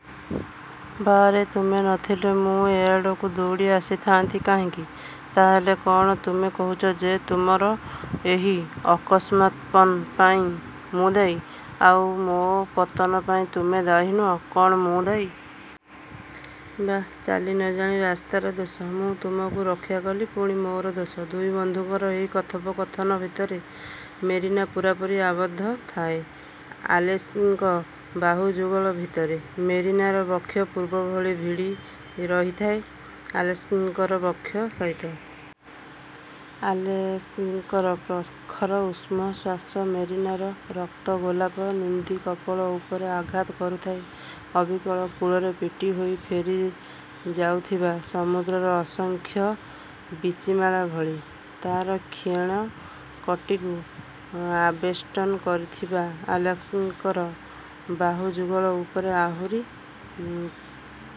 '' ''ବାଃ ରେ, ତୁମେ ନ ଥିଲେ ମୁଁ ଏଆଡ଼କୁ ଦୌଡ଼ିଆସିଥାନ୍ତି କାହିଁକି? '' ''ତା ହେଲେ କ'ଣ ତୁମେ କହୁଛ ଯେ ତୁମର ଏହି ଅକସ୍ମାତ୍ପତନ ପାଇଁ ମୁଁ ଦାୟୀ? '' ''ଆଉ ମୋ ପତନ ପାଇଁ ତୁମେ ଦାୟୀ ନୁହଁ, କ'ଣ ମୁଁ ଦାୟୀ? '' ''ବାଃ, ଚାଲି ନ ଜାଣି ରାସ୍ତାର ଦୋଷ। ମୁଁ ତୁମକୁ ରକ୍ଷାକଲି, ପୁଣି ଦୋଷ ମୋର। '' ଦୁଇବନ୍ଧୁଙ୍କର ଏହି କଥୋପକଥନ ଭିତରେ ମେରିନା ପୂରାପୁରି ଆବଦ୍ଧ ଥାଏ ଆଲେସ୍କିଙ୍କର ବାହୁଯୁଗଳ ଭିତରେ। ମେରିନାର ବକ୍ଷ ପୂର୍ବଭଳି ଭିଡ଼ି ରହିଥାଏ ଆଲେସ୍କିଙ୍କର ବକ୍ଷ ସହିତ। ଆଲେସ୍କିଙ୍କର ପ୍ରଖର ଉଷ୍ମ ଶ୍ୱାସ ମେରିନାର ରକ୍ତ-ଗୋଲାପ ନିନ୍ଦୀ କପୋଳ ଉପରେ ଆଘାତ କରୁଥାଏ, ଅବିକଳ କୂଳରେ ପିଟିହୋଇ ଫେରିଯାଉଥିବା ସମୁଦ୍ରର ଅସଂଖ୍ୟ ବୀଚିମାଳା ଭଳି। ତାର କ୍ଷୀଣ କଟିକୁ ଆବେଷ୍ଟନ କରିଥିବା ଆଲେସ୍କିଙ୍କର ବାହୁଯୁଗଳ ଉପରେ ଆହୁରି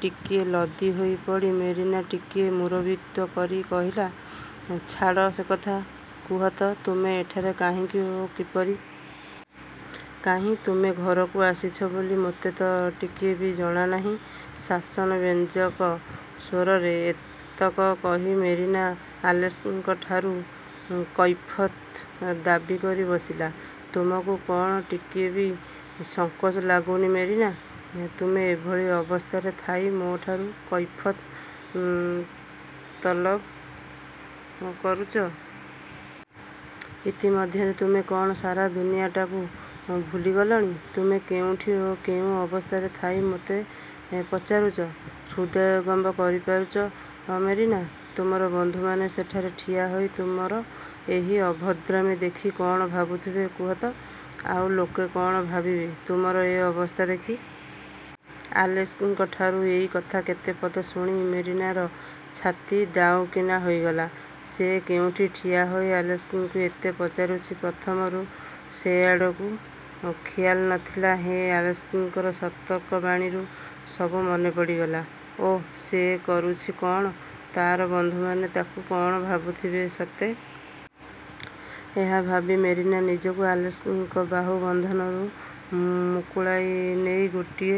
ଟିକିଏ ଲଦି ହୋଇପଡ଼ି ମେରିନା ଟିକିଏ ମୁରବିତ୍ୱ କରି କହିଲା-''ଛାଡ଼ ସେକଥା, କୁହ ତ ତୁମେ ଏଠାରେ କାହିଁକି ଓ କିପରି? କାହିଁ, ତୁମେ ଘରକୁ ଆସିଛ ବୋଲି ମୋତେ ତ ଟିକିଏ ବି ଜଣାଇନାହଁ? '' ଶାସନ ବ୍ୟଞ୍ଜକ ସ୍ୱରରେ ଏତକ କହି ମେରିନା ଆଲେସ୍କିଙ୍କଠାରୁ କୈଫିୟତ୍ ଦାବି କରି ବସିଲା। ''ତୁମକୁ କ'ଣ ଟିକିଏ ବି ସଂକୋଚ ଲାଗୁନି ମେରିନା? ତୁମେ ଏଭଳି ଅବସ୍ଥାରେ ଥାଇ ମୋଠାରୁ କୈଫିୟତ୍ ତଲବ୍ କରୁଚ? ଇତିମଧ୍ୟରେ ତୁମେ କ'ଣ ସାରା ଦୁନିଆଟାକୁ ଭୁଲିଗଲଣି? ତୁମେ କେଉଁଠି ଓ କେଉଁ ଅବସ୍ଥାରେ ଥାଇ ମୋତେ ପଚାରୁଚ, ହୃଦୟଙ୍ଗମ କରିପାରୁଚ ମେରିନା? ତୁମର ବନ୍ଧୁମାନେ ସେଠାରେ ଠିଆହୋଇ ତୁମର ଏହି ଅଭଦ୍ରାମୀ ଦେଖି କ'ଣ ଭାବୁଥିବେ କୁହ ତ-? ଆଉ ଲୋକେ କ'ଣ ଭାବିବେ ତୁମର ଏ ଅବସ୍ଥା ଦେଖି? '' ଆଲେସ୍କିଙ୍କଠାରୁ ଏଇ କଥା କେତେ ପଦ ଶୁଣି ମେରିନାର ଛାତି ଦାଉଁକିନା ହୋଇଗଲା। ସେ କେଉଁଠି ଠିଆହୋଇ ଆଲେସ୍କିଙ୍କୁ ଏତେ ପଚାରୁଛି; ପ୍ରଥମରୁ ସେଆଡ଼କୁ ଖିଆଲ ନଥିଲେ ହେଁ ଆଲେସ୍କିଙ୍କର ସତର୍କବାଣୀରୁ ସବୁ ମନେପଡ଼ିଗଲା। ଓଃ, ସେ କରୁଛି କ'ଣ-? ତା'ର ବନ୍ଧୁମାନେ ତାକୁ କ'ଣ ଭାବୁଥିବେ ସତେ? ଏହା ଭାବି ମେରିନା ନିଜକୁ ଆଲେସ୍କିଙ୍କ ବାହୁବନ୍ଧନରୁ ମୁକୁଳାଇ ନେଇ ଗୋଟିଏ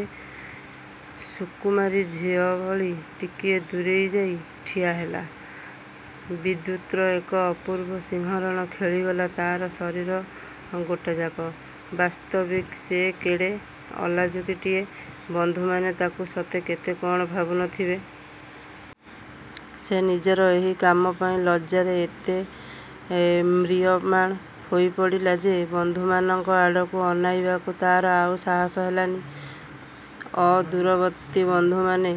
ସୁକୁମାରୀ ଝିଅଭଳି ଟିକିଏ ଦୂରେଇଯାଇ ଠିଆହେଲା-। ବିଦ୍ୟୁତର ଏକ ଅପୂର୍ବ ଶିହରଣ ଖେଳିଗଲା ତା'ର ଶରୀର ଗୋଟାଯାକ। ବାସ୍ତବିକ୍ ସେ କେଡ଼େ ଅଲାଜୁକୀଟାଏ? ବନ୍ଧୁମାନେ ତାକୁ ସତେ କେତେ କ'ଣ ଭାବୁ ନଥିବେ। ସେ ନିଜର ଏହି କାମପାଇଁ ଲଜ୍ଜାରେ ଏତେ ମ୍ରିୟମାଣ ହୋଇପଡ଼ିଲା ଯେ ବନ୍ଧୁମାନଙ୍କ ଆଡ଼କୁ ଅନାଇବାକୁ ତା'ର ଆଉ ସାହସ ହେଲାନି। ଅଦୂରବର୍ତ୍ତୀ ବନ୍ଧୁମାନେ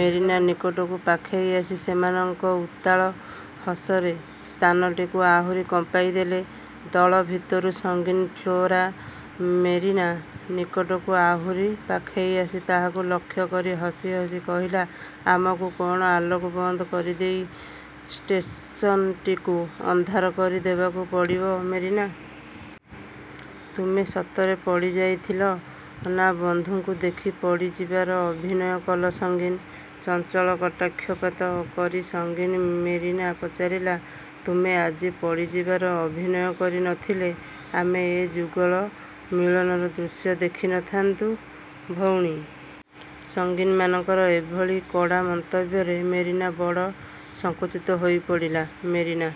ମେରିନା ନିକଟକୁ ପାଖେଇ ଆସି ସେମାନଙ୍କ ଉତ୍ତାଳ ହସରେ ସ୍ଥାନଟିକୁ ଆହୁରି କମ୍ପାଇ ଦେଲେ। ଦଳଭିତରୁ ସଙ୍ଗିନୀ ଫ୍ଲୋରା ମେରିନା ନିକଟକୁ ଆହୁରି ପାଖେଇ ଆସି ତାହାକୁ ଲକ୍ଷ୍ୟ କରି ହସି ହସି କହିଲା–ଆମକୁ କ'ଣ ଆଲୋକ ବନ୍ଦ କରିଦେଇ ଷ୍ଟେସନଟିକୁ ଅନ୍ଧାର କରି ଦେବାକୁ ପଡ଼ିବ ମେରିନା? ତୁମେ ସତରେ ପଡ଼ିଯାଉଥିଲ, ନା ବନ୍ଧୁଙ୍କୁ ଦେଖି ପଡ଼ିଯିବାର ଅଭିନୟ କଲ ସଙ୍ଗିନୀ? '' ଚଞ୍ଚଳ କଟାକ୍ଷପାତ କରି ସଙ୍ଗିନୀ ମେରିଆ ପଚାରିଲା, ''ତୁମେ ଆଜି ପଡ଼ିଯିବାର ଅଭିନୟ କରି ନ ଥିଲେ ଆମେ ଏ ଯୁଗଳ ମିଳନର ଦୃଶ୍ୟ ଦେଖି ନ ଥାନ୍ତୁ ଭଉଣି! '' ସଙ୍ଗିନୀମାନଙ୍କର ଏଭଳି କଡ଼ା ମନ୍ତବ୍ୟରେ ମେରିନା ବଡ଼ ସଙ୍କୁଚିତା ହୋଇପଡ଼ିଲା। ମେରିନା